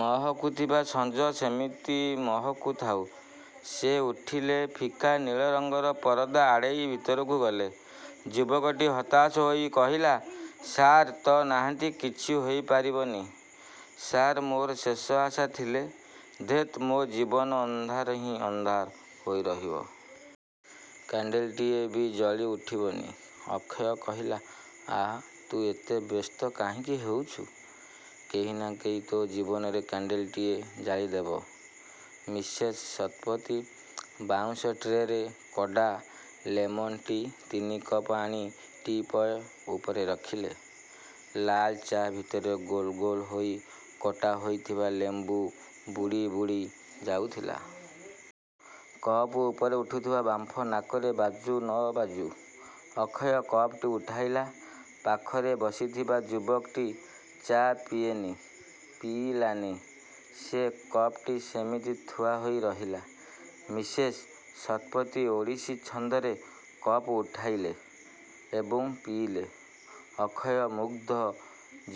ମହକୁଥିବା ସଂଜ ସେମିତି ମହକୁ ଥାଉ। ସେ ଉଠିଲେ ଫିକା ନୀଳ ରଂଗର ପରଦା ଆଡ଼େଇ ଭିତରକୁ ଗଲେ। ଯୁବକଟି ହତାଶ ହୋଇ କହିଲା, ''ସାର୍ ତ ନାହାନ୍ତି କିଛି ହୋଇପାରିବନି। ସାର ମୋର ଶେଷ ଆଶା ଥିଲେ। ଧେତ୍ ମୋ ଜୀବନ ଅଂଧାର ହିଁ ଅଂଧାର ହୋଇ ରହିବ। କ୍ୟାଣ୍ଡେଲଟିଏ ବି ଜଳି ଉଠିବନି। ଅକ୍ଷୟ କହିଲା,''ଆଃ.. ତୁ ଏତେ ବ୍ୟସ୍ତ କାହିଁକି ହେଉଛୁ। କେହିନା କେହି ତୋ ଜୀବନରେ କ୍ୟାଣ୍ଡେଲଟିଏ ଜାଳି ଦେବ। ''ମିସେସ୍ ଶତପଥୀ ବାଉଁଶ ଟ୍ରେରେ କଡ଼ା ''ଲେମନ୍ ଟି' ତିନି କପ୍ ଆଣି ଟିପୟ ଉପରେ ରଖିଲେ। ଲାଲ ଚା' ଭିତରେ ଗୋଲ ଗୋଲ ହୋଇ କଟା ହୋଇଥିବା ଲେମ୍ବୁ ବୁଡ଼ି ବୁଡ଼ି ଯାଉଥିଲା। କପ ଉପରେ ଉଠୁଥିବା ବାମ୍ଫ ନାକରେ ବାଜୁ ନ ବାଜୁ, ଅକ୍ଷୟ କପଟି ଉଠାଇଲା। ପାଖରେ ବସିଥିବା ଯୁବକଟି ଚା' ପିଏନି, ପିଇଲାନି। ସେ କପ୍ଟି ସେମିତି ଥୁଆ ହୋଇ ରହିଲା। ମିସେସ୍ ଶତପଥୀ ଓଡ଼ିଶୀ ଛନ୍ଦରେ କପ୍ ଉଠାଇଲେ ଏବଂ ପିଇଲେ। ଅକ୍ଷୟ ମୁଗ୍ଧ,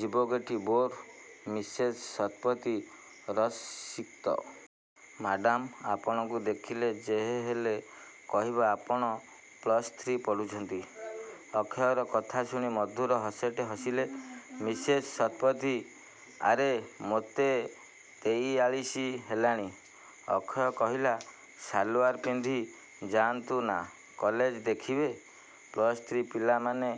ଯୁବକଟି ବୋର୍, ମିସେସ୍ ଶତପଥୀ ରସସିକ୍ତ। ''ମାଡ଼ାମ୍! ଆପଣଙ୍କୁ ଦେଖିଲେ ଯେହେଲେ କହିବ ଆପଣ ପ୍ଲସ ଥ୍ରି ପଢ଼ୁଛନ୍ତି। '' ଅକ୍ଷୟର କଥା ଶୁଣି ମଧୁର ହସଟେ ହସିଲେ ମିସେସ୍ ଶତପଥୀ। ''ଆରେ, ମୋତେ ତେଇଆଳିଶ ହେଲାଣି। '' ଅକ୍ଷୟ କହିଲା, ''ସାଲୁଆର ପିନ୍ଧି ଯା'ନ୍ତୁନା କଲେଜ ଦେଖିବେ, ପ୍ଲସ୍ ଥ୍ରି ପିଲାମାନେ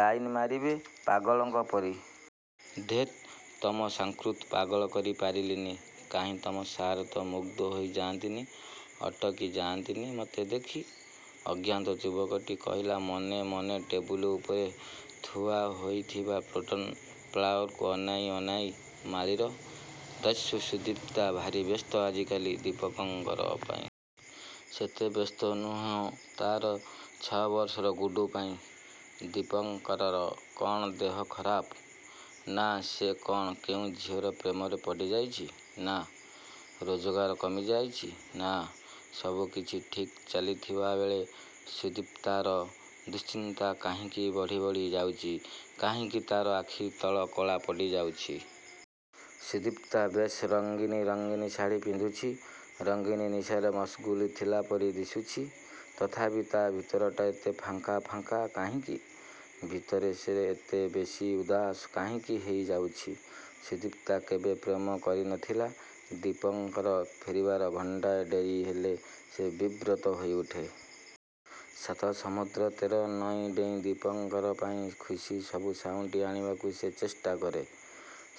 ଲାଇନ୍ ମାରିବେ ପାଗଳଙ୍କ ପରି। '' ''ଧେତ୍ ତମ ସାର୍ଙ୍କୁତ ପାଗଳ କରି ପାରିଲିନି? କାହିଁ ତମ ସାର୍ ତ ମୁଗ୍ଧ ହୋଇଯା'ନ୍ତିନି, ଅଟକି ଯା'ନ୍ତିନି ମୋତେ ଦେଖି? '' ଅଜ୍ଞାତ ଯୁବକଟି କହିଲା ମନେ ମନେ ଟେବୁଲ୍ ଉପରେ ଥୁଆ ହୋଇଥିବା ଫ୍ଲୋଟଂ ଫ୍ଲାୱାରକୁ ଅନାଇ ଅନାଇ, ''ମାଳିର। ଦସ୍ୟୁ ସୁଦିପ୍ତା ଭାରି ବ୍ୟସ୍ତ ଆଜିକାଲି ଦୀପଙ୍କର ପାଇଁ। ସେତେ ବ୍ୟସ୍ତ ନୁହଁ ତା'ର ଛ'ବର୍ଷର ଗୁଡୁ ପାଇଁ। ଦୀପଙ୍କରର କ'ଣ ଦେହ ଖରାପ? ନା...। ସେ କ'ଣ କେଉଁ ଝିଅର ପ୍ରେମରେ ପଡ଼ିଯାଇଛି...। ନା...। ରୋଜଗାର କମିଯାଇଛି...? ନା...। ସବୁକିଛି ଠିକ୍ ଚାଲିଥିଲାବେଳେ ସୁଦୀପ୍ତାର ଦୁଶ୍ଚିନ୍ତା କାହିଁକି ବଢ଼ି ବଢ଼ି ଯାଉଛି। କାହିଁକି ତା'ର ଆଖିତଳ କଳା ପଡ଼ିଯାଉଛି। ସୁଦିପ୍ତା ବେଶ୍ ରଙ୍ଗୀନ ରଙ୍ଗୀନ ଶାଢ଼ୀ ପିନ୍ଧୁଛି, ରଙ୍ଗୀନ ନିଶାରେ ମସଗୁଲ୍ ଥିଲାପରି ଦିଶୁଛି। ତଥାପି ତା' ଭିତରଟା ଏତେ ଫାଙ୍କା ଫାଙ୍କା କାହିଁକି? ଭିତରେ ସେ ଏତେ ବେଶୀ ଉଦାସ କାହିଁକି ହେଇଯାଉଛି। ସୁଦିପ୍ତା କେବେ ପ୍ରେମ କରିନଥିଲା। ଦୀପଙ୍କର ଫେରିବାର ଘଣ୍ଟାଏ ଡେରି ହେଲେ ସେ ବିବ୍ରତ ହୋଇଉଠେ। ସାତ ସମୁଦ୍ର ତେର ନଇଁ ଡେଇଁ ଦୀପଙ୍କର ପାଇଁ ଖୁସି ସବୁ ସାଉଁଟି ଆଣିବାକୁ ସେ ଚେଷ୍ଟା କରେ।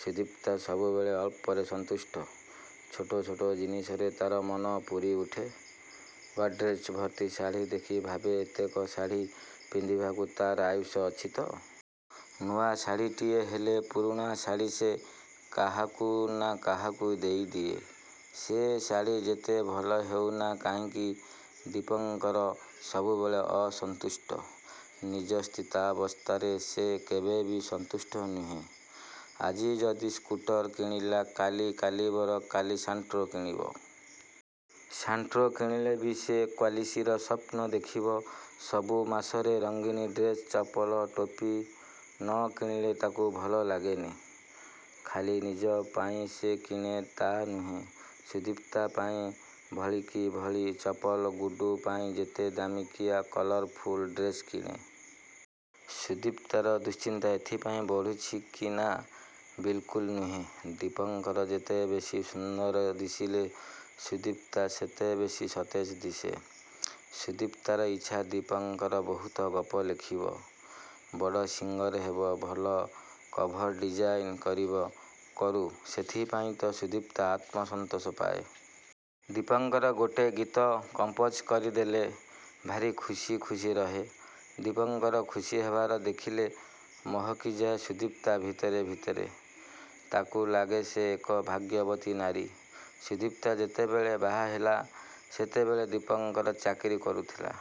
ସୁଦିପ୍ତା ସବୁବେଳେ ଅଳ୍ପରେ ସନ୍ତୁଷ୍ଟ, ଛୋଟ ଛୋଟ ଜିନିଷରେ ତା'ର ମନ ପୁରି ଉଠେ। ଗର୍ଡ଼େଜ୍ ଭର୍ତ୍ତି ଶାଢ଼ୀ ଦେଖି ଭାବେ ଏତକ ଶାଢ଼ୀ ପିନ୍ଧିବାକୁ ତା'ର ଆୟୁଷ ଅଛିତ? ନୂଆ ଶାଢ଼ୀଟିଏ ହେଲେ ପୁରୁଣା ଶାଢ଼ୀ ସେ କାହାକୁନା କାହାକୁ ଦେଇଦିଏ, ସେ ଶାଢ଼ୀ ଯେତେ ଭଲ ହେଉନା କାହିଁକି? ଦୀପଙ୍କର ସବୁବେଳେ ଅସନ୍ତୁଷ୍ଟ। ନିଜ ସ୍ଥିତାବସ୍ଥାରେ ସେ କେବେବି ସନ୍ତୁଷ୍ଟ ନୁହେଁ। ଆଜି ଯଦି ସ୍କୁଟର କିଣିଲା କାଲି କାଲିବର କାଲି ସାଣ୍ଟ୍ରୋ କିଣିବ? ସାଣ୍ଟ୍ରୋ କିଣିଲେ ବି ସେ କ୍ୱାଲିସର ସ୍ୱପ୍ନ ଦେଖିବ। ସବୁ ମାସରେ ରଙ୍ଗୀନ ଡ୍ରେସ, ଚପଲ, ଟୋପି ନ କିଣିଲେ ତାକୁ ଭଲ ଲାଗେନି। ଖାଲି ନିଜ ପାଇଁ ସେ କିଣେ ତା'ନୁହେଁ ସୁଦିପ୍ତା ପାଇଁ ଭଳିକି ଭଳି ଚପଲ ଗୁଡୁ ପାଇଁ ଯେତେ ଦାମିକିଆ କଲରଫୁଲ ଡ୍ରେସ କିଣେ। ସୁଦିପ୍ତାର ଦୁଶ୍ଚିନ୍ତା ଏଥିପାଇଁ ବଢ଼ୁଛି କି ନା ବିଲକୁଲ ନୁହେଁ। ଦୀପଙ୍କର ଯେତେବେଶୀ ସୁନ୍ଦର ଦିଶିଲେ ସୁଦିପ୍ତା ସେତେବେଶୀ ସତେଜ ଦିଶେ। ସୁଦିପ୍ତାର ଇଚ୍ଛା ଦୀପଙ୍କର ବହୁତ ଗପ ଲେଖିବ। ବଡ଼ ସିଙ୍ଗର ହେବ, ଭଲ କଭର ଡିଜାଇନ କରିବ। କରୁ ସେଥିପାଇଁ ତ ସୁଦିପ୍ତା ଆତ୍ମ ସନ୍ତୋଷ ପାଏ। ଦୀପଙ୍କର ଗୋଟେ ଗୀତ କମ୍ପୋଜ କରିଦେଲେ ଭାରି ଖୁସି ଖୁସି ରହେ। ଦୀପଙ୍କର ଖୁସି ହେବାର ଦେଖିଲେ ମହକିଯାଏ ସୁଦିପ୍ତା ଭିତରେ ଭିତରେ। ତାକୁ ଲାଗେ ସେ ଏକ ଭାଗ୍ୟବତୀ ନାରୀ। ସୁଦିପ୍ତା ଯେତେବେଳେ ବାହାହେଲା, ସେତେବେଳେ ଦୀପଙ୍କର ଚାକିରି କରୁଥିଲା।